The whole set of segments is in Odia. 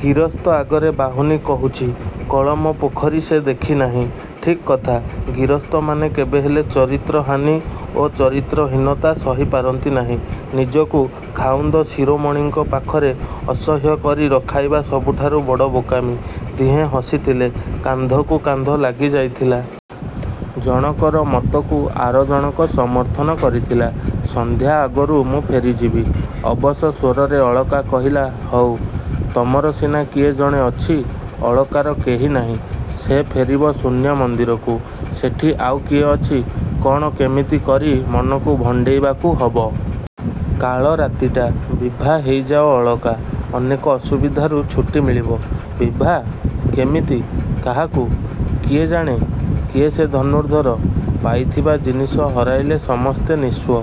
ଗିରସ୍ତ ଆଗରେ ବାହୁନି କହୁଛି। କଳମ ପୋଖରୀ ସେ ଦେଖି ନାହିଁ। –ଠିକ୍ କଥା। ଗିରସ୍ତମାନେ କେବେହେଲେ ଚରିତ୍ର–ହାନି ଓ ଚରିତ୍ର–ହୀନତା ସହି ପାରନ୍ତି ନାହିଁ। ନିଜକୁ ଖାଉନ୍ଦ ଶିରୋମଣିଙ୍କ ପାଖରେ ଅସହ୍ୟ କରି ରଖାଇବା ସବୁଠାରୁ ବଡ଼ ବୋକାମି। ଦିହେଁ ହସିଥିଲେ। କାନ୍ଧକୁ କାନ୍ଧ ଲାଗି ଯାଇଥିଲା। ଜଣକର ମତକୁ ଆର ଜଣକ ସମର୍ଥନ କରିଥିଲା। ସନ୍ଧ୍ୟା ଆଗରୁ ମୁଁ ଫେରିଯିବି। ଅବଶ ସ୍ୱରରେ ଅଳକା କହିଲା–ହଉ। ତମର ସିନା କିଏ ଜଣେ ଅଛି। ଅଳକାର କେହି ନାହିଁ। ସେ ଫେରିବ ଶୂନ୍ୟ ମନ୍ଦିରକୁ–ସେଠି ଆଉ କିଏ ଅଛି? କ'ଣ କେମିତି କରି ମନକୁ ଭଣ୍ଡେଇବାକୁ ହବ। –କାଳ ରାତିଟା– –ବିଭା ହେଇ ଯାଅ–ଅଳକା। ଅନେକ ଅସୁବିଧାରୁ ଛୁଟି ମିଳିବ। –ବିଭା? –କେମିତି? –କାହାକୁ? କିଏ ଜାଣେ? କିଏ ସେ ଧନୁର୍ଦ୍ଧର? ପାଇଥିବା ଜିନିଷ ହରାଇଲେ ସମସ୍ତେ ନିସ୍ୱ।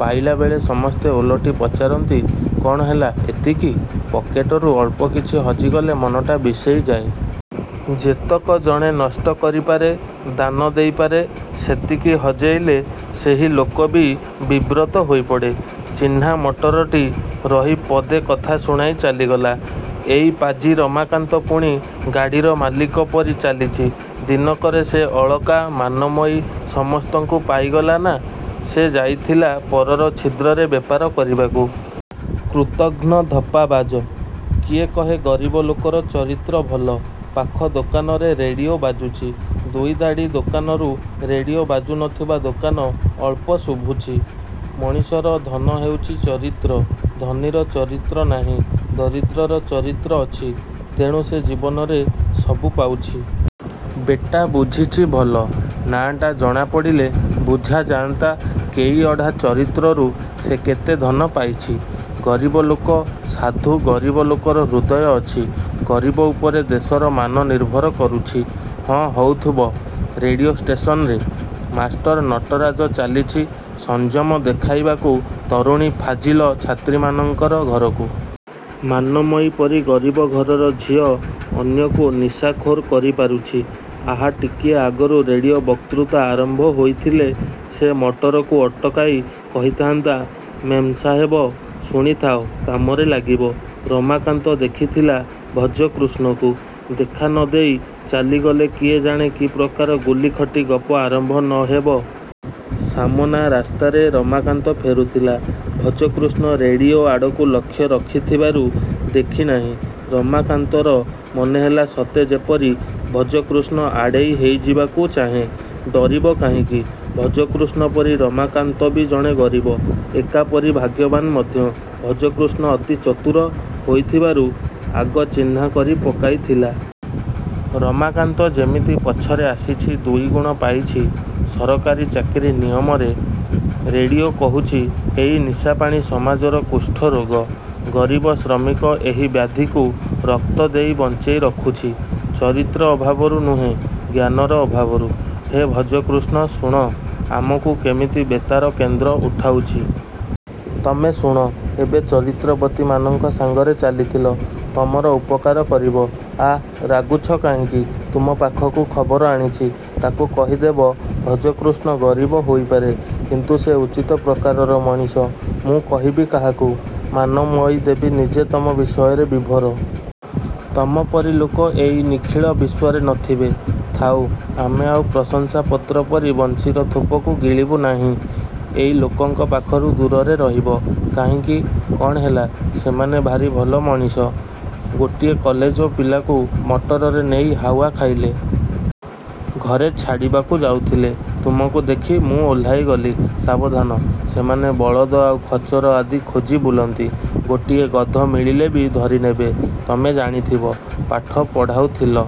ପାଇଲା ବେଳେ ସମସ୍ତେ ଓଲଟି ପଚାରନ୍ତି–କ'ଣ ହେଲା... ଏତିକି? ପକେଟରୁ ଅଳ୍ପ କିଛି ହଜିଗଲେ ମନଟା ବିଷେଇ ଯାଏ। ଯେତକ ଜଣେ ନଷ୍ଟ କରିପାରେ, ଦାନ ଦେଇପାରେ–ସେତିକି ହଜେଇଲେ ସେହି ଲୋକ ବି ବିବ୍ରତ ହୋଇପଡ଼େ। ଚିହ୍ନା ମଟରଟି ରହି ପଦେ କଥା ଶୁଣାଇ ଚାଲିଗଲା। ଏଇ ପାଜି ରମାକାନ୍ତ ପୁଣି ଗାଡ଼ିର ମାଲିକ ପରି ଚାଲିଛି। ଦିନକରେ ସେ ଅଳକା–ମାନମୟୀ ସମସ୍ତଙ୍କୁ ପାଇଗଲା? –ନା, ସେ ଯାଇଥିଲା ପରର ଛିଦ୍ରରେ ବେପାର କରିବାକୁ। କୃତଘ୍ନ–ଧପ୍ପାବାଜ। କିଏ କହେ ଗରିବ ଲୋକର ଚରିତ୍ର ଭଲ। ପାଖ ଦୋକାନରେ ରେଡ଼ିଓ ବାଜୁଛି। ଦୁଇଧାଡ଼ି ଦୋକାନରୁ ରେଡ଼ିଓ ବାଜୁ ନ ଥିବା ଦୋକାନ ଅଳ୍ପ–ଶୁଭୁଛି, ମଣିଷର ଧନ ହେଉଛି ଚରିତ୍ର। ଧନୀର ଚରିତ୍ର ନାହିଁ। ଦରିଦ୍ରର ଚରିତ୍ର ଅଛି। ତେଣୁ ସେ ଜୀବନରେ ସବୁ ପାଉଛି। –ବେଟା, ବୁଝିଛି ଭଲ। ନାଁଟା ଜଣାପଡ଼ିଲେ ବୁଝାଯାନ୍ତା କେଇ ଅଢ଼ା ଚରିତ୍ରରୁ ସେ କେତେ ଧନ ପାଇଛି। ଗରିବ ଲୋକ ସାଧୁ ଗରିବ ଲୋକର ହୃଦୟ ଅଛି ଗରିବ ଉପରେ ଦେଶର ମାନ ନିର୍ଭର କରୁଛି। –ହଁ, ହଉଥିବ ରେଡ଼ିଓ ଷ୍ଟେସନରେ। ମାଷ୍ଟର ନଟରାଜ ଚାଲିଛି ସଂଯମ ଦେଖାଇବାକୁ ତରୁଣୀ ଫାଜିଲ ଛାତ୍ରୀମାନଙ୍କର ଘରକୁ। ମାନମୟୀ ପରି ଗରିବ ଘରର ଝିଅ ଅନ୍ୟକୁ ନିଶାଖୋର କରି ପାରୁଛି। ଆହା, ଟିକିଏ ଆଗରୁ ରେଡ଼ିଓ ବତ୍କୃତା ଆରମ୍ଭ ହେଇଥିଲେ ସେ ମଟରକୁ ଅଟକାଇ କହିଥାନ୍ତା–ମେମ୍ ସାହେବ ଶୁଣିଥାଅ–କାମରେ ଲାଗିବ। ରମାକାନ୍ତ ଦେଖିଥିଲା ଭଜକୃଷ୍ଣକୁ। ଦେଖା ନ ଦେଇ ଚାଲିଗଲେ କିଏ ଜାଣେ କି ପ୍ରକାର ଗୁଲିଖଟି ଗପ ଆରମ୍ଭ ନ ହେବ। ସାମନା ରାସ୍ତାରେ ରମାକାନ୍ତ ଫେରୁଥିଲା। ଭଜକୃଷ୍ଣ ରେଡ଼ିଓ ଆଡ଼କୁ ଲକ୍ଷ୍ୟ ରଖିଥିବାରୁ ଦେଖିନାହିଁ। ରମାକାନ୍ତର ମନେ ହେଲା ସତେ ଯେପରି ଭଜକୃଷ୍ଣ ଆଡ଼େଇ ହେଇଯିବାକୁ ଚାହେଁ। –ଡରିବ କାହିଁକି? ଭଜକୃଷ୍ଣ ପରି ରମାକାନ୍ତ ବି ଜଣେ ଗରିବ। ଏକାପରି ଭାଗ୍ୟବାନ ମଧ୍ୟ। ଭଜକୃଷ୍ଣ ଅତି ଚତୁର ହୋଇଥିବାରୁ ଆଗ ଚିହ୍ନା କରି ପକାଇଥିଲା। ରମାକାନ୍ତ ଯେମିତି ପଛରେ ଆସିଛି ଦୁଇଗୁଣ ପାଇଛି–ସରକାରୀ ଚାକିରି ନିୟମରେ। ରେଡ଼ିଓ କହୁଛି–ଏଇ ନିଶାପାଣି ସମାଜର କୁଷ୍ଠରୋଗ। ଗରିବ ଶ୍ରମିକ ଏହି ବ୍ୟାଧିକୁ ରକ୍ତ ଦେଇ ବଞ୍ଚେଇ ରଖୁଛି–ଚରିତ୍ର ଅଭାବରୁ ନୁହେଁ ଜ୍ଞାନର ଅଭାବରୁ। –ହେ, ଭଜକୃଷ୍ଣ, ଶୁଣ। ଆମକୁ କେମିତି ବେତାର କେନ୍ଦ୍ର ଉଠାଉଛି। –ତମେ ଶୁଣ। ଏବେ ଚରିତ୍ରବତୀମାନଙ୍କ ସାଙ୍ଗରେ ଚାଲିଥିଲ, ତମର ଉପକାର କରିବ-। –ଆଃ, ରାଗୁଛ କାହିଁକି? ତୁମ ପାଖକୁ ଖବର ଆଣିଛି। –ତାକୁ କହିଦେବ; ଭଜକୃଷ୍ଣ ଗରିବ ହୋଇପାରେ କିନ୍ତୁ ସେ ଉଚିତ ପ୍ରକାରର ମଣିଷ। –ମୁଁ କହିବି କାହାକୁ? ମାନମୟୀଦେବୀ ନିଜେ ତମ ବିଷୟରେ ବିଭୋର। ତମ ପରି ଲୋକ ଏଇ ନିଖିଳ ବିଶ୍ୱରେ ନ ଥିବେ। –ଥାଉ। ଆମେ ଆଉ ପ୍ରଶଂସାପତ୍ର ପରି ବନ୍ଶୀର ଥୋପକୁ ଗିଳିବୁ ନାହିଁ। ଏଇ ଲୋକଙ୍କ ପାଖରୁ ଦୂରରେ ରହିବ। –କାହିଁକି? କ'ଣ ହେଲା? ସେମାନେ ଭାରି ଭଲ ମଣିଷ। ଗୋଟିଏ କଲେଜ ପିଲାକୁ ମଟରରେ ନେଇ ହାୱା ଖାଇଲେ। ଘରେ ଛାଡ଼ିବାକୁ ଯାଉଥିଲେ। ତୁମକୁ ଦେଖି ମୁଁ ଓହ୍ଲାଇଗଲି। –ସାବଧାନ। ସେମାନେ ବଳଦ ଆଉ ଖଚର ଆଦି ଖୋଜି ବୁଲନ୍ତି।। ଗୋଟିଏ ଗଧ ମିଳିଲେ ବି ଧରିନେବେ। –ତମେ ଜାଣିଥିବ। ପାଠ ପଢ଼ାଉଥିଲ।